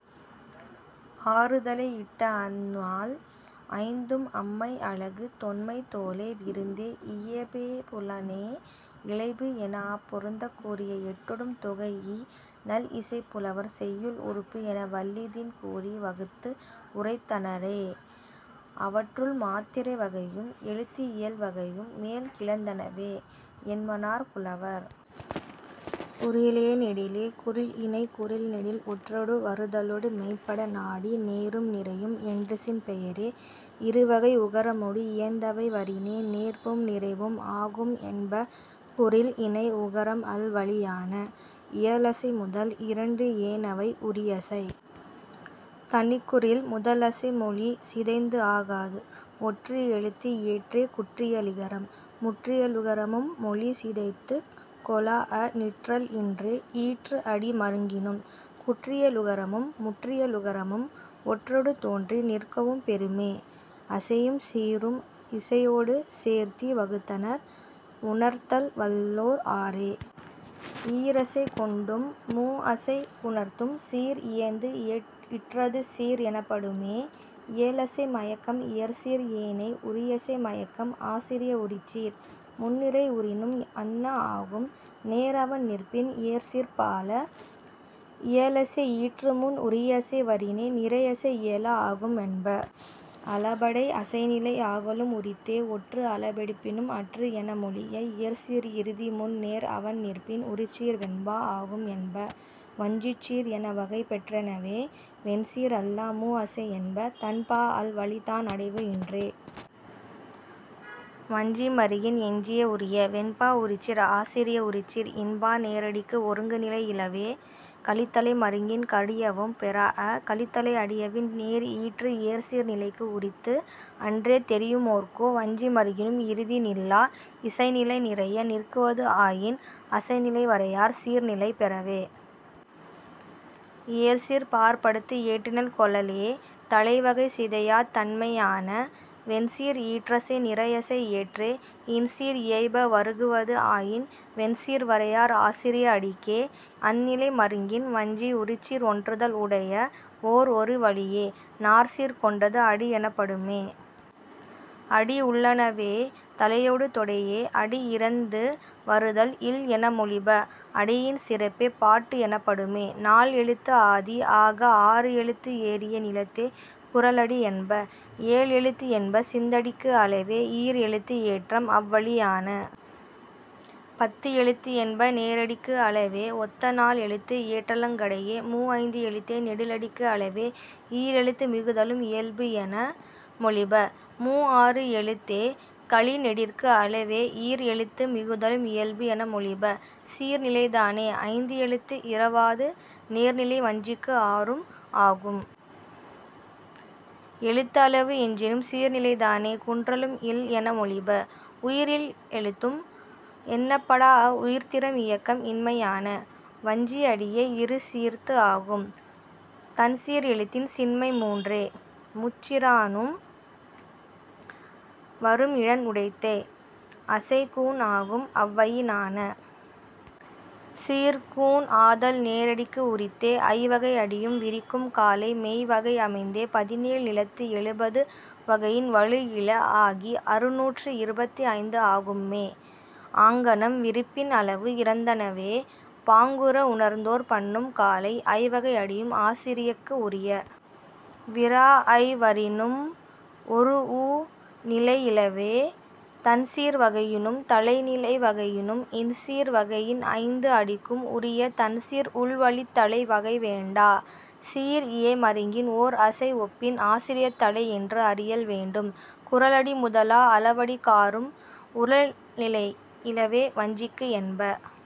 ஆறு தலை இட்ட அந் நால் ஐந்தும் அம்மை அழகு தொன்மை தோலே விருந்தே இயைபே புலனே இழைபு எனாஅப் பொருந்தக் கூறிய எட்டொடும் தொகைஇ நல் இசைப் புலவர் செய்யுள் உறுப்பு என வல்லிதின் கூறி வகுத்து உரைத்தனரே. அவற்றுள், மாத்திரை வகையும் எழுத்து இயல் வகையும் மேல் கிளந்தனவே என்மனார் புலவர். குறிலே நெடிலே குறில் இணை குறில் நெடில் ஒற்றொடு வருதலொடு மெய்ப் பட நாடி நேரும் நிரையும் என்றிசின் பெயரே. இரு வகை உகரமொடு இயைந்தவை வரினே நேர்பும் நிரைபும் ஆகும் என்ப குறில் இணை உகரம் அல் வழியான. இயலசை முதல் இரண்டு ஏனவை உரியசை. தனிக் குறில் முதலசை மொழி சிதைந்து ஆகாது. ஒற்று எழுத்து இயற்றே குற்றியலிகரம். முற்றியலுகரமும் மொழி சிதைத்துக் கொளாஅ நிற்றல் இன்றே ஈற்று அடி மருங்கினும். குற்றியலுகரமும் முற்றியலுகரமும் ஒற்றொடு தோன்றி நிற்கவும் பெறுமே. அசையும் சீரும் இசையொடு சேர்த்தி வகுத்தனர் உணர்த்தல் வல்லோர் ஆறே. ஈர் அசை கொண்டும் மூ அசை புணர்த்தும் சீர் இயைந்து இற்றது சீர் எனப்படுமே. இயலசை மயக்கம் இயற்சீர் ஏனை உரியசை மயக்கம் ஆசிரிய உரிச்சீர். முன் நிரை உறினும் அன்ன ஆகும். நேர் அவண் நிற்பின் இயற்சீர்ப் பால. இயலசை ஈற்று முன் உரியசை வரினே நிரையசை இயல ஆகும் என்ப. அளபெடை அசைநிலை ஆகலும் உரித்தே. ஒற்று அளபெடுப்பினும் அற்று என மொழிப. இயற்சீர் இறுதி முன் நேர் அவண் நிற்பின் உரிச்சீர் வெண்பா ஆகும் என்ப. வஞ்சிச் சீர் என வகை பெற்றனவே வெண் சீர் அல்லா மூ அசை என்ப. தன் பா அல் வழி தான் அடைவு இன்றே. வஞ்சி மருங்கின் எஞ்சிய உரிய. வெண்பா உரிச்சீர் ஆசிரிய உரிச்சீர் இன் பா நேரடிக்கு ஒருங்கு நிலை இலவே. கலித்தளை மருங்கின் கடியவும் பெறாஅ. கலித்தளை அடிவயின் நேர் ஈற்று இயற்சீர் நிலைக்கு உரித்து அன்றே தெரியுமோர்க்கே. வஞ்சி மருங்கினும் இறுதி நில்லா. இசைநிலை நிறைய நிற்குவது ஆயின் அசைநிலை வரையார் சீர் நிலை பெறவே. இயற்சீர்ப் பாற்படுத்து இயற்றினர் கொளலே தளை வகை சிதையாத் தன்மையான. வெண்சீர் ஈற்றசை நிரையசை இயற்றே. இன் சீர் இயைய வருகுவது ஆயின் வெண்சீர் வரையார் ஆசிரிய அடிக்கே. அந் நிலை மருங்கின் வஞ்சி உரிச்சீர் ஒன்றுதல் உடைய ஓர் ஒரு வழியே. நாற் சீர் கொண்டது அடி எனப்படுமே. அடி உள்ளனவே தளையொடு தொடையே. அடி இறந்து வருதல் இல் என மொழிப. அடியின் சிறப்பே பாட்டு எனப்படுமே. நால் எழுத்து ஆதி ஆக ஆறு எழுத்து ஏறிய நிலத்தே குறளடி என்ப. ஏழ் எழுத்து என்ப சிந்தடிக்கு அளவே ஈர் எழுத்து ஏற்றம் அவ் வழியான. பத்து எழுத்து என்ப நேரடிக்கு அளவே ஒத்த நால் எழுத்து ஏற்றலங்கடையே. மூ ஐந்து எழுத்தே நெடிலடிக்கு அளவே ஈர் எழுத்து மிகுதலும் இயல்பு என மொழிப. மூ ஆறு எழுத்தே கழிநெடிற்கு அளவே ஈர் எழுத்து மிகுதலும் இயல்பு என மொழிப. சீர் நிலைதானே ஐந்து எழுத்து இறவாது நேர் நிலை வஞ்சிக்கு ஆறும் ஆகும். எழுத்து அளவு எஞ்சினும் சீர் நிலைதானே குன்றலும் இல் என மொழிப. உயிர் இல் எழுத்தும் எண்ணப்படாஅ உயிர்த் திறம் இயக்கம் இன்மையான. வஞ்சி அடியே இரு சீர்த்து ஆகும். தன் சீர் எழுத்தின் சின்மை மூன்றே. முச் சீரானும் வரும் இடன் உடைத்தே. அசை கூன் ஆகும் அவ்வயினான. சீர் கூன் ஆதல் நேரடிக்கு உரித்தே. ஐ வகை அடியும் விரிக்கும் காலை மெய் வகை அமைந்த பதினேழ் நிலத்தும் எழுபது வகையின் வழு இல ஆகி அறுநூற்று இருபத்தைந்து ஆகும்மே. ஆங்கனம் விரிப்பின் அளவு இறந்தனவே பாங்குற உணர்ந்தோர் பன்னும் காலை. ஐ வகை அடியும் ஆசிரியக்கு உரிய. விராஅய் வரினும் ஒரூஉ நிலை இலவே. தன் சீர் வகையினும் தளை நிலை வகையினும் இன் சீர் வகையின் ஐந்து அடிக்கும் உரிய தன் சீர் உள்வழித் தளை வகை வேண்டா. சீர் இயை மருங்கின் ஓர் அசை ஒப்பின் ஆசிரியத் தளை என்று அறியல் வேண்டும். குறளடி முதலா அளவடி காறும் உறழ் நிலை இலவே வஞ்சிக்கு என்ப.।